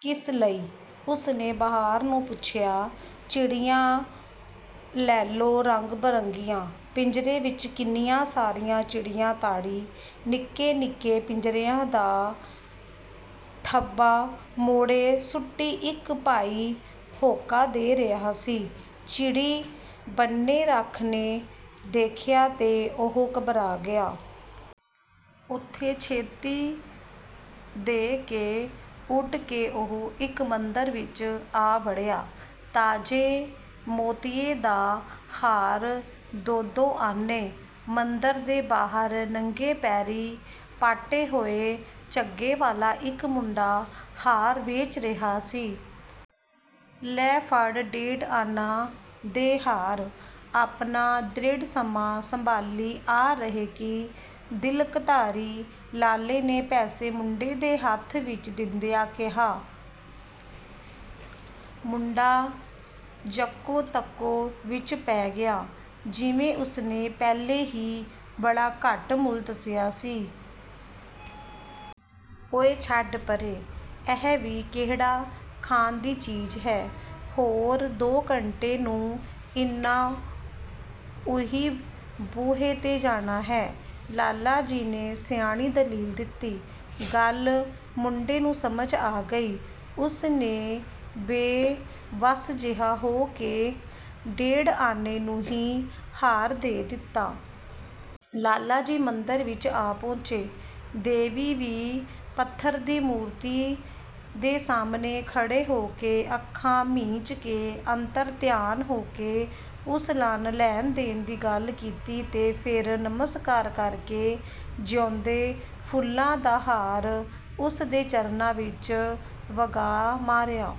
ਕਿਸ ਲਈ? '' ਉਸ ਨੇ ਬਹਾਰ ਨੂੰ ਪੁੱਛਿਆ। ''ਚਿੜੀਆਂ ਲੈ ਲੋ ਰੰਗ ਬਰੰਗੀਆਂ ਚਿੜੀਆਂ''! ਪਿੰਜਰੇ ਵਿੱਚ ਕਿੰਨੀਆਂ ਸਾਰੀਆਂ ਚਿੜੀਆਂ ਤਾੜੀ, ਨਿੱਕੇ-ਨਿੱਕੇ ਪਿੰਜਰਿਆਂ ਦਾ ਥੱਬਾ ਮੋਢੇ ਸੁੱਟੀ ਇੱਕ ਭਾਈ ਹੋਕਾ ਦੇ ਰਿਹਾ ਸੀ। ਚਿੜੀ ਬਣੇ ਰੱਬ ਨੇ ਦੇਖਿਆ ਤੇ ਉਹ ਘਬਰਾ ਗਿਆ। ਉਥੋਂ ਛੇਤੀ ਦੇ ਕੇ ਉਡ ਕੇ ਉਹ ਇੱਕ ਮੰਦਰ ਵਿੱਚ ਆ ਵੜਿਆ। ''ਤਾਜ਼ੇ ਮੋਤੀਏ ਦਾ ਹਾਰ ਦੋ ਦੋ ਆਨੇ"। ਮੰਦਰ ਦੇ ਬਾਹਰ ਨੰਗੇ ਪੈਰੀਂ ਪਾਟੇ ਹੋਏ ਝੱਗੇ ਵਾਲਾ ਇੱਕ ਮੁੰਡਾ ਹਾਰ ਵੇਚ ਰਿਹਾ ਸੀ। ''ਲੈ ਫੜ ਡੇਢ ਆਨਾ ਦੇ ਹਾਰ'' ਆਪਣਾ ਢਿੜ ਮਸਾਂ ਸੰਭਾਲੀਂ ਆ ਰਹੇ ਕਿ ਤਿਲਕਧਾਰੀ ਲਾਲੇ ਨੇ ਪੈਸੇ ਮੁੰਡੇ ਦੇ ਹੱਥ ਵਿੱਚ ਦਿੰਦਿਆਂ ਕਿਹਾ। ਮੁੰਡਾ-ਜੱਕੋ ਤੱਕੋ ਵਿੱਚ ਪੈ ਗਿਆ। ਜਿਵੇਂ ਉਸ ਨੇ ਪਹਿਲੇ ਹੀ ਬੜਾ ਘੱਟ ਮੁੱਲ ਦੱਸਿਆ ਸੀ। ''ਓਏ ਛੱਡ ਪਰੇ ਇਹ ਵੀ ਕਿਹੜਾ ਖਾਣ ਦੀ ਚੀਜ਼ ਐ। ਹੋਰ ਦੋ ਘੰਟੇ ਨੂੰ ਇਨ੍ਹਾਂ ਊਈਂ ਬੇਹੇ ਹੋ ਜਾਣਾ ਐ,'ਲਾਲਾ ਜੀ ਨੇ ਸਿਆਣੀ ਦਲੀਲ ਦਿੱਤੀ। ਗੱਲ ਮੁੰਡੇ ਨੂੰ ਸਮਝ ਆ ਗਈ। ਉਸ ਨੇ ਬੇਵੱਸ ਜਿਹਾ ਹੋ ਕੇ ਡੇਢ ਆਨੇ ਨੂੰ ਹੀ ਹਾਰ ਦੇ ਦਿੱਤਾ। ਲਾਲਾ ਜੀ ਮੰਦਰ ਵਿੱਚ ਆ ਪਹੁੰਚੇ। ਦੇਵੀ ਦੀ ਪੱਥਰ ਦੀ ਮੂਰਤੀ ਦੇ ਸਾਹਮਣੇ ਖੜੋ ਕੇ, ਅੱਖਾਂ ਮੀਚ ਕੇ, ਅੰਤਰ ਧਿਆਨ ਹੋ ਕੇ ਉਸ ਨਾਲ ਲੈਣ-ਦੇਣ ਦੀ ਗੱਲ ਕੀਤੀ ਤੇ ਫਿਰ ਨਮਸਕਾਰ ਕਰਕੇ ਜਿਊਂਦੇ ਫੁੱਲਾਂ ਦਾ ਹਾਰ ਉਸ ਦੇ ਚਰਨਾਂ ਵਿੱਚ ਵਗਾਹ ਮਾਰਿਆ।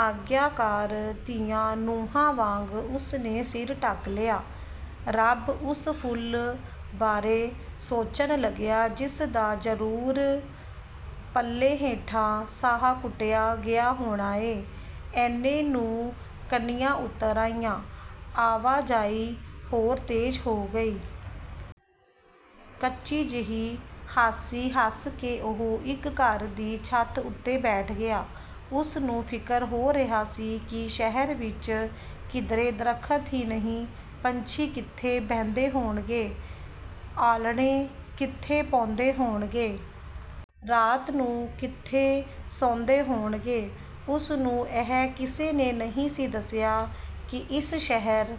ਆਗਿਆਕਾਰ ਧੀਆਂ-ਨੂੰਹਾਂ ਵਾਂਗ ਉਸ ਨੇ ਸਿਰ ਢੱਕ ਲਿਆ। ਰੱਬ ਉਸ ਫੁੱਲ ਬਾਰੇ ਸੋਚਣ ਲੱਗਿਆ ਜਿਸ ਦਾ ਜ਼ਰੂਰ ਪੱਲੇ ਹੇਠਾਂ ਸਾਹ ਘੁਟਿਆ ਗਿਆ ਹੋਣਾ ਏਂ। ਏਨੇ ਨੂੰ ਕਣੀਆਂ ਉਤਰ ਆਈਆਂ। ਆਵਾਜਾਈ ਹੋਰ ਤੇਜ਼ ਹੋ ਗਈ। ਕੱਚੀ ਜਿਹੀ ਹਾਸੀ ਹੱਸ ਕੇ ਉਹ ਇੱਕ ਘਰ ਦੀ ਛੱਤ ਉਤੇ ਬੈਠ ਗਿਆ। ਉਸ ਨੂੰ ਫਿਕਰ ਹੋ ਰਿਹਾ ਸੀ ਕਿ ਸ਼ਹਿਰ ਵਿੱਚ ਕਿਧਰੇ ਦਰੱਖਤ ਹੀ ਨਹੀਂ ਪੰਛੀ ਕਿੱਥੇ ਬਹਿੰਦੇ ਹੋਣਗੇ? ਆਲ੍ਹਣੇ ਕਿੱਥੇ ਪਾਉਂਦੇ ਹੋਣਗੇ? ਰਾਤ ਨੂੰ ਕਿੱਥੇ ਸੌਂਦੇ ਹੋਣਗੇ? ਉਸ ਨੂੰ ਇਹ ਕਿਸੇ ਨੇ ਨਹੀਂ ਸੀ ਦੱਸਿਆ ਕਿ ਇਸ ਸ਼ਹਿਰ